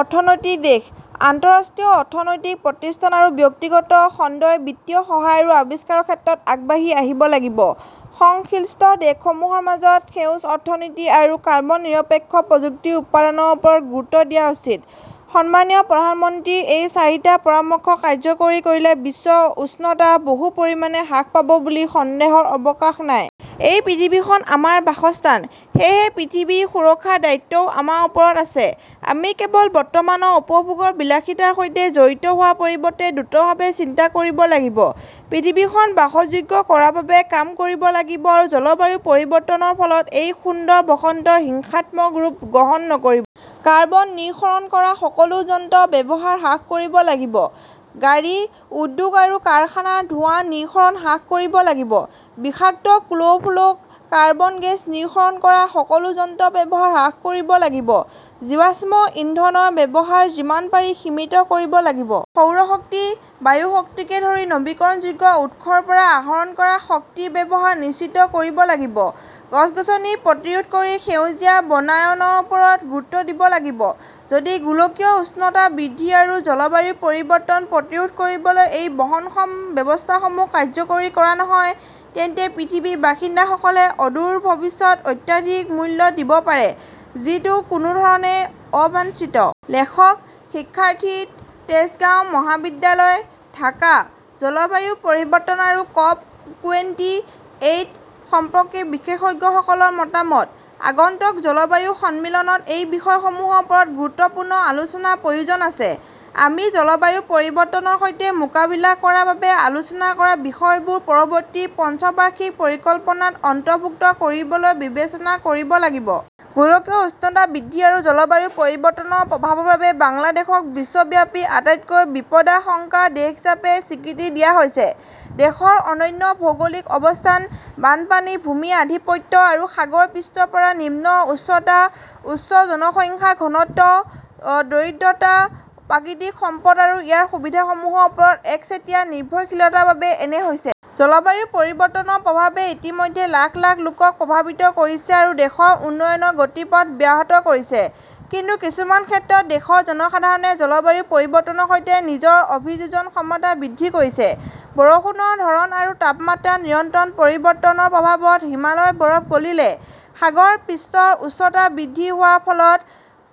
অৰ্থনৈতিক দেশ, আন্তঃৰাষ্ট্ৰীয় অৰ্থনৈতিক প্ৰতিষ্ঠান আৰু ব্যক্তিগত খণ্ডই বিত্তীয় সহায় আৰু আৱিষ্কাৰৰ ক্ষেত্ৰত আগবাঢ়ি আহিব লাগিব। সংশ্লিষ্ট দেশসমূহৰ মাজত সেউজ অৰ্থনীতি আৰু কাৰ্বন-নিৰপেক্ষ প্ৰযুক্তি উৎপাদনৰ ওপৰত গুৰুত্ব দিয়া উচিত। সন্মানীয় প্ৰধানমন্ত্ৰীৰ এই চাৰিটা পৰামৰ্শ কাৰ্যকৰী কৰিলে বিশ্ব উষ্ণতা বহু পৰিমাণে হ্ৰাস পাব বুলি সন্দেহৰ অৱকাশ নাই। এই পৃথিৱীখন আমাৰ বাসস্থান। সেয়েহে পৃথিৱীৰ সুৰক্ষাৰ দায়িত্বও আমাৰ ওপৰত আছে। আমি কেৱল বৰ্তমানৰ উপভোগৰ বিলাসিতাৰ সৈতে জড়িত হোৱাৰ পৰিৱৰ্তে দ্ৰুতভাৱে চিন্তা কৰিব লাগিব। পৃথিৱীখন বাসযোগ্য কৰাৰ বাবে কাম কৰিব লাগিব আৰু জলবায়ু পৰিৱৰ্তনৰ ফলত এই সুন্দৰ বসন্তই হিংসাত্মক ৰূপ গ্ৰহণ নকৰিব। কাৰ্বন নিঃসৰণ কৰা সকলো যন্ত্ৰৰ ব্যৱহাৰ হ্ৰাস কৰিব লাগিব। গাড়ী, উদ্যোগ আৰু কাৰখানাৰ ধোঁৱা নিঃসৰণ হ্ৰাস কৰিব লাগিব। বিষাক্ত ক্ল'ৰ'-ফ্ল'ৰ, কাৰ্বন গেছ নিঃসৰণ কৰা সকলো যন্ত্ৰৰ ব্যৱহাৰ হ্ৰাস কৰিব লাগিব। জীৱাশ্ম ইন্ধনৰ ব্যৱহাৰ যিমান পাৰি সীমিত কৰিব লাগিব। সৌৰ শক্তি, বায়ু শক্তিকে ধৰি নৱীকৰণযোগ্য উৎসৰ পৰা আহৰণ কৰা শক্তিৰ ব্যৱহাৰ নিশ্চিত কৰিব লাগিব। গছ-গছনি প্ৰতিৰোধ কৰি সেউজীয়া বনায়নৰ ওপৰত গুৰুত্ব দিব লাগিব। যদি গোলকীয় উষ্ণতা বৃদ্ধি আৰু জলবায়ু পৰিৱৰ্তন প্ৰতিৰোধ কৰিবলৈ এই বহনক্ষম ব্যৱস্থাসমূহ কাৰ্যকৰী কৰা নহয়, তেন্তে পৃথিৱীৰ বাসিন্দাসকলে অদূৰ ভৱিষ্যতে অত্যাধিক মূল্য দিব পাৰে, যিটো কোনো ধৰণে অবাঞ্ছিত। লেখকঃ শিক্ষাৰ্থী, তেজগাঁও মহাবিদ্যালয়, ঢাকা। জলবায়ু পৰিৱৰ্তন আৰু ক'প টুৱেন্টি এইট সম্পৰ্কে বিশেষজ্ঞসকলৰ মতামত। আগন্তুক জলবায়ু সন্মিলনত এই বিষয়সমূহৰ ওপৰত গুৰুত্বপূৰ্ণ আলোচনাৰ প্ৰয়োজন আছে। আমি জলবায়ু পৰিৱৰ্তনৰ সৈতে মোকাবিলা কৰাৰ বাবে আলোচনা কৰা বিষয়বোৰ পৰৱৰ্তী পঞ্চবাৰ্ষিক পৰিকল্পনাত অন্তৰ্ভুক্ত কৰিবলৈ বিবেচনা কৰিব লাগিব। গোলকীয় উষ্ণতা বৃদ্ধি আৰু জলবায়ু পৰিৱৰ্তনৰ প্ৰভাৱৰ বাবে বাংলাদেশক বিশ্বব্যাপী আটাইতকৈ বিপদাশংকাৰ দেশ হিচাপে স্বীকৃতি দিয়া হৈছে। দেশৰ অনন্য ভৌগোলিক অৱস্থান, বানপানীৰ ভূমিৰ আধিপত্য আৰু সাগৰ পৃষ্ঠৰ পৰা নিম্ন উচ্চতা, উচ্চ জনসংখ্যাৰ ঘনত্ব, দৰিদ্ৰতা, প্ৰাকৃতিক সম্পদ আৰু ইয়াৰ সুবিধাসমূহৰ ওপৰত একচেটিয়া নিৰ্ভৰশীলতাৰ বাবেই এনে হৈছে। জলবায়ু পৰিৱৰ্তনৰ প্ৰভাৱে ইতিমধ্যে লাখ লাখ লোকক প্ৰভাৱিত কৰিছে আৰু দেশৰ উন্নয়নৰ গতিপথ ব্যাহত কৰিছে। কিন্তু কিছুমান ক্ষেত্ৰত দেশৰ জনসাধাৰণে জলবায়ু পৰিৱৰ্তনৰ সৈতে নিজৰ অভিযোজন ক্ষমতা বৃদ্ধি কৰিছে। বৰষুণৰ ধৰণ আৰু তাপমাত্ৰাৰ নিৰন্তৰ পৰিৱৰ্তনৰ প্ৰভাৱত হিমালয়ৰ বৰফ গলিলে, সাগৰ পৃষ্ঠৰ উচ্চতা বৃদ্ধি হোৱাৰ ফলত,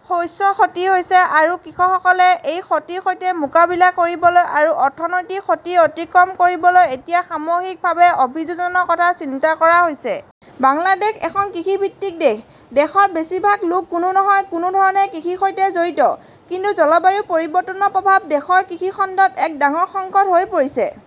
শস্যৰ ক্ষতি হৈছে আৰু কৃষকসকলে এই ক্ষতিৰ সৈতে মোকাবিলা কৰিবলৈ আৰু অৰ্থনৈতিক ক্ষতি অতিক্ৰম কৰিবলৈ এতিয়া সামূহিকভাৱে অভিযোজনৰ কথা চিন্তা কৰা হৈছে। বাংলাদেশ এখন কৃষিভিত্তিক দেশ। দেশৰ বেছিভাগ লোক কোনো নহয় কোনো ধৰণে কৃষিৰ সৈতে জড়িত। কিন্তু জলবায়ু পৰিৱৰ্তনৰ প্ৰভাৱ দেশৰ কৃষি খণ্ডত এক ডাঙৰ সংকট হৈ পৰিছে।